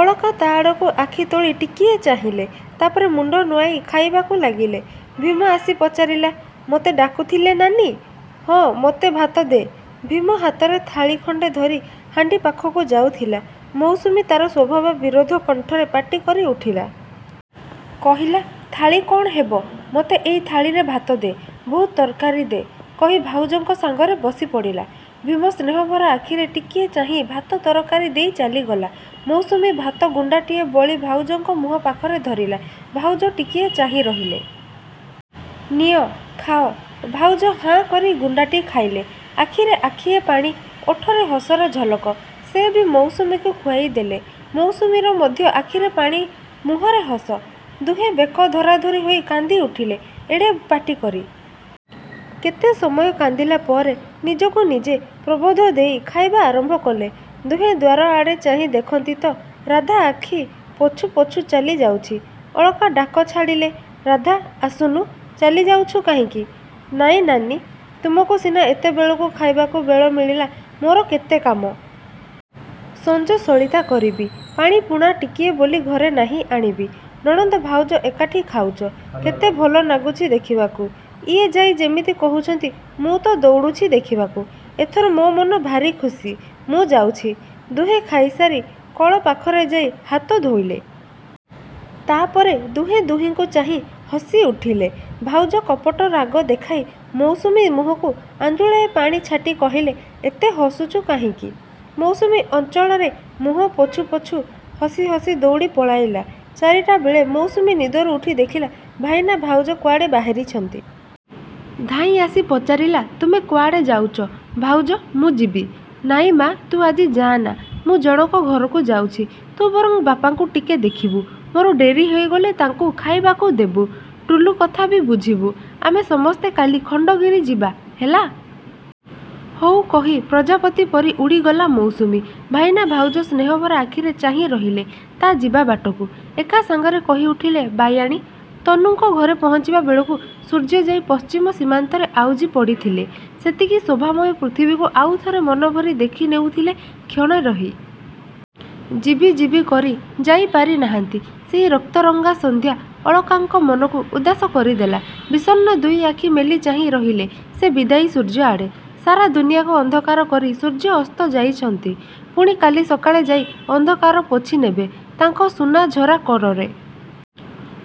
ଅଳକା ତା'ଆଡ଼କୁ ଆଖି ତୋଳି ଟିକିଏ ଚାହିଁଲେ। ତାପରେ ମୁଣ୍ଡ ନୁଆଁଇ ଖାଇବାକୁ ଲାଗିଲେ। ଭୀମ ଆସି ପଚାରିଲା-ମୋତେ ଡାକୁଥିଲେ ନାନୀ? -ହଁ, ମୋତେ ଭାତ ଦେ। ଭୀମ ହାତରେ ଥାଳି ଖଣ୍ଡେ ଧରି ହାଣ୍ଡି ପାଖକୁ ଯାଉଥିଲା, ମୌସୁମୀ ତା'ର ସ୍ୱଭାବ ବିରୁଦ୍ଧ କଣ୍ଠରେ ପାଟି କରିଉଠିଲା। କହିଲା-ଥାଳି କ'ଣ ହେବ? ମୋତେ ଏଇ ଥାଳିରେ ଭାତ ଦେ। ବହୁତ ତରକାରୀ ଦେ କହି ଭାଉଜଙ୍କ ସାଙ୍ଗରେ ବସିପଡ଼ିଲା। ଭୀମ ସ୍ନେହଭରା ଆଖିରେ ଟିକିଏ ଚାହିଁ ଭାତ ତରକାରୀ ଦେଇ ଚାଲିଗଲା। ମୌସୁମୀ ଭାତ ଗୁଣ୍ଡାଟିଏ ବଳି ଭାଉଜଙ୍କ ମୁହଁ ପାଖରେ ଧରିଲା। ଭାଉଜ ଟିକିଏ ଚାହିଁ ରହିଲେ। ନିଅ, ଖାଅ। ଭାଉଜ ହାଁ କରି ଗୁଣ୍ଡାଟି ଖାଇଲେ। ଆଖିରେ ଆଖିଏ ପାଣି, ଓଠରେ ହସର ଝଲକ। ସେ ବି ମୌସୁମୀକୁ ଖୁଆଇଦେଲେ। ମୌସୁମୀର ମଧ୍ୟ ଆଖିରେ ପାଣି ମୁହଁରେ ହସ। ଦୁହେଁ ବେକ ଧରା ଧରି ହୋଇ କାନ୍ଦି ଉଠିଲେ ଏଡ଼େ ପାଟି କରି। କେତେ ସମୟ କାନ୍ଦିଲା ପରେ ନିଜକୁ ନିଜେ ପ୍ରବୋଧ ଦେଇ ଖାଇବା ଆରମ୍ଭ କଲେ। ଦୁହେଁ ଦ୍ୱାରଆଡ଼େ ଚାହିଁ ଦେଖନ୍ତି ତ ରାଧା ଆଖି ପୋଛୁ ପୋଛୁ ଚାଲିଯାଉଛି। ଅଳକା ଡାକ ଛାଡ଼ିଲେ-ରାଧା ଆସୁନୁ, ଚାଲିଯାଉଛୁ କାହିଁକି? -ନାଇଁ ନାନୀ, ତୁମକୁ ସିନା ଏତେବେଳକୁ ଖାଇବାକୁ ବେଳ ମିଳିଲା ମୋର କେତେ କାମ। ସଞ୍ଜ ସଳିତା କରିବି, ପାଣିପୁଣା ଟିକିଏ ବୋଲି ଘରେ ନାହିଁ ଆଣିବି। ନଣନ୍ଦ ଭାଉଜ ଏକାଠି ଖାଉଛ, କେତେ ଭଲନାଗୁଛି ଦେଖିବାକୁ। ଇଏ ଯାଇ ଯେମିତି କହିଛନ୍ତି ମୁଁ ତ ଦୌଡ଼ୁଛି ଦେଖିବାକୁ। ଏଥର ମୋ ମନ ଭାରି ଖୁସି, ମୁଁ ଯାଉଛି। ଦୁହେଁ ଖାଇସାରି କଳ ପାଖରେ ଯାଇ ହାତ ଧୋଇଲେ। ତାପରେ ଦୁହେଁ ଦୁହିଁଙ୍କୁ ଚାହିଁ ହସିଉଠିଲେ। ଭାଉଜ କପଟ ରାଗ ଦେଖାଇ ମୌସୁମୀ ମୁହଁକୁ ଆଞ୍ଜୁଳାଏ ପାଣି ଛାଟି କହିଲେ-ଏତେ ହସୁଛୁ କାହିଁକି? ମୌସୁମୀ ଅଞ୍ଚଳରେ ମୁହଁ ପୋଛୁ ପୋଛୁ ହସି ହସି ଦଉଡ଼ି ପଳାଇଲା। ଚାରିଟାବେଳେ ମୌସୁମୀ ନିଦରୁ ଉଠି ଦେଖିଲା ଭାଇନା ଭାଉଜ କୁଆଡ଼େ ବାହାରିଛନ୍ତି-। ଧାଇଁଆସି ପଚାରିଲା-ତୁମେ କୁଆଡ଼େ ଯାଉଛ ଭାଉଜ, ମୁଁ ଯିବି। -ନାଇଁ ମା' ତୁ ଆଜି ଯାଆନା, ମୁଁ ଜଣକ ଘରକୁ ଯାଉଛି। ତୁ ବରଂ ବାପାଙ୍କୁ ଟିକେ ଦେଖିବୁ, ମୋର ଡେରି ହୋଇଗଲେ ତାଙ୍କୁ ଖାଇବାକୁ ଦେବୁ। ଟୁଲୁ କଥା ବି ବୁଝିବୁ। ଆମେ ସମସ୍ତେ କାଲି ଖଣ୍ଡଗିରି ଯିବା, ହେଲା। ହଉ କହି ପ୍ରଜାପତି ପରି ଉଡ଼ିଗଲା ମୌସୁମୀ। ଭାଇନା ଭାଉଜ ସ୍ନହଭରା ଆଖିରେ ଚାହିଁ ରହିଲେ ତା' ଯିବା ବାଟକୁ। ଏକା ସାଙ୍ଗରେ କହିଉଠିଲେ ବାୟାଣୀ। ତନୁଙ୍କ ଘରେ ପହଞ୍ଚିବା ବେଳକୁ ସୂର୍ଯ୍ୟ ଯାଇ ପଶ୍ଚିମ ସୀମାନ୍ତରେ ଆଉଜି ପଡ଼ିଥିଲେ। ସତେକି ଶୋଭାମୟ ପୃଥିବୀକୁ ଆଉଥରେ ମନଭରି ଦେଖିନେଉଥିଲେ କ୍ଷଣେ ରହି। ଯିବି ଯିବି କରି ଯାଇପାରିନାହାନ୍ତି। ସେହି ରକ୍ତରଙ୍ଗା ସନ୍ଧ୍ୟା ଅଳକାଙ୍କ ମନକୁ ଉଦାସ କରିଦେଲା। ବିଷନ୍ନ ଦୁଇ ଆଖି ମେଲି ଚାହିଁ ରହିଲେ ସେ ବିଦାୟୀ ସୂର୍ଯ୍ୟଆଡ଼େ। ସାରା ଦୁନିଆକୁ ଅନ୍ଧକାର କରି ସୂର୍ଯ୍ୟ ଅସ୍ତ ଯାଇଛନ୍ତି। ପୁଣି କାଲି ସକାଳେ ଯାଇ ଅନ୍ଧକାର ପୋଛିନେବେ ତାଙ୍କ ସୁନାଝରା କରରେ।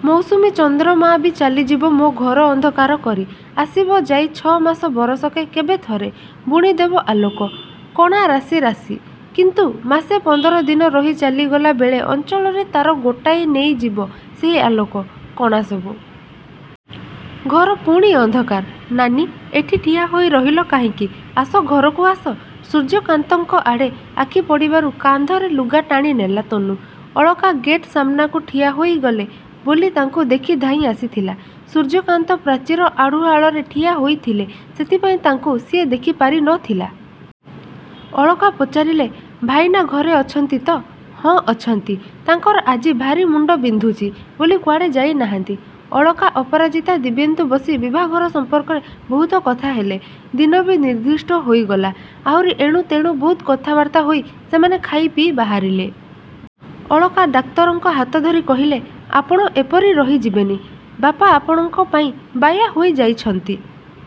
ମୌସୁମୀ ଚନ୍ଦ୍ରମା ବି ଚାଲିଯିବ ମୋ ଘର ଅନ୍ଧକାର କରି। ଆସିବ ଯାଇ ଛମାସ ବରଷକେ କେବେ ଥରେ। ବୁଣିଦେବ ଆଲୋକ-କଣା ରାଶି ରାଶି। କିନ୍ତୁ ମାସେ ପନ୍ଦର ଦିନ ରହି ଚାଲିଗଲା ବେଳେ ଅଞ୍ଚଳରେ ତା'ର ଗୋଟାଇ ନେଇ ଯିବ ସେହି ଆଲୋକ-କଣା ସବୁ। ଘର ପୁଣି ଅନ୍ଧକାର। -ନାନୀ, ଏଠି ଠିଆ ହୋଇ ରହିଲ କାହିଁକି, ଆସ ଘରକୁ ଆସ। ସୂର୍ଯ୍ୟକାନ୍ତଙ୍କ ଆଡ଼େ ଆଖିପଡ଼ିବାରୁ କାନ୍ଧରେ ଲୁଗା ଟାଣିନେଲା ତନୁ। ଅଳକା ଗେଟ୍ ସାମନାକୁ ଠିଆ ହୋଇଗଲେ ବୋଲି ତାଙ୍କୁ ଦେଖି ଧାଇଁ ଆସିଥିଲା। ସୂର୍ଯ୍ୟକାନ୍ତ ପ୍ରାଚୀର ଆଢ଼ୁଆଳରେ ଠିଆ ହୋଇଥିଲେ, ସେଥିପାଇଁ ତାଙ୍କୁ ସିଏ ଦେଖିପାରିନଥିଲା। ଅଳକା ପଚାରିଲେ-ଭାଇନା ଘରେ ଅଛନ୍ତି ତ। -ହଁ, ଅଛନ୍ତି। ତାଙ୍କର ଆଜି ଭାରି ମୁଣ୍ଡ ବିନ୍ଧୁଛି ବୋଲି କୁଆଡ଼େ ଯାଇନାହାନ୍ତି। ଅଳକା, ଅପରାଜିତା, ଦିବ୍ୟେନ୍ଦୁ ବସି ବିଭାଘର ସମ୍ପର୍କରେ ବହୁତ କଥାହେଲେ। ଦିନ ବି ନିର୍ଦ୍ଦିଷ୍ଟ ହୋଇଗଲା। ଆହୁରି ଏଣୁତେଣୁ ବହୁତ କଥାବାର୍ତ୍ତା ହୋଇ ସେମାନେ ଖାଇ ପିଇ ବାହାରିଲେ। ଅଳକା ଡାକ୍ତରଙ୍କ ହାତଧରି କହିଲେ-ଆପଣ ଏପରି ରହିଯିବେନି। ବାପା ଆପଣଙ୍କ ପାଇଁ ବାୟା ହୋଇଯାଇଛନ୍ତି।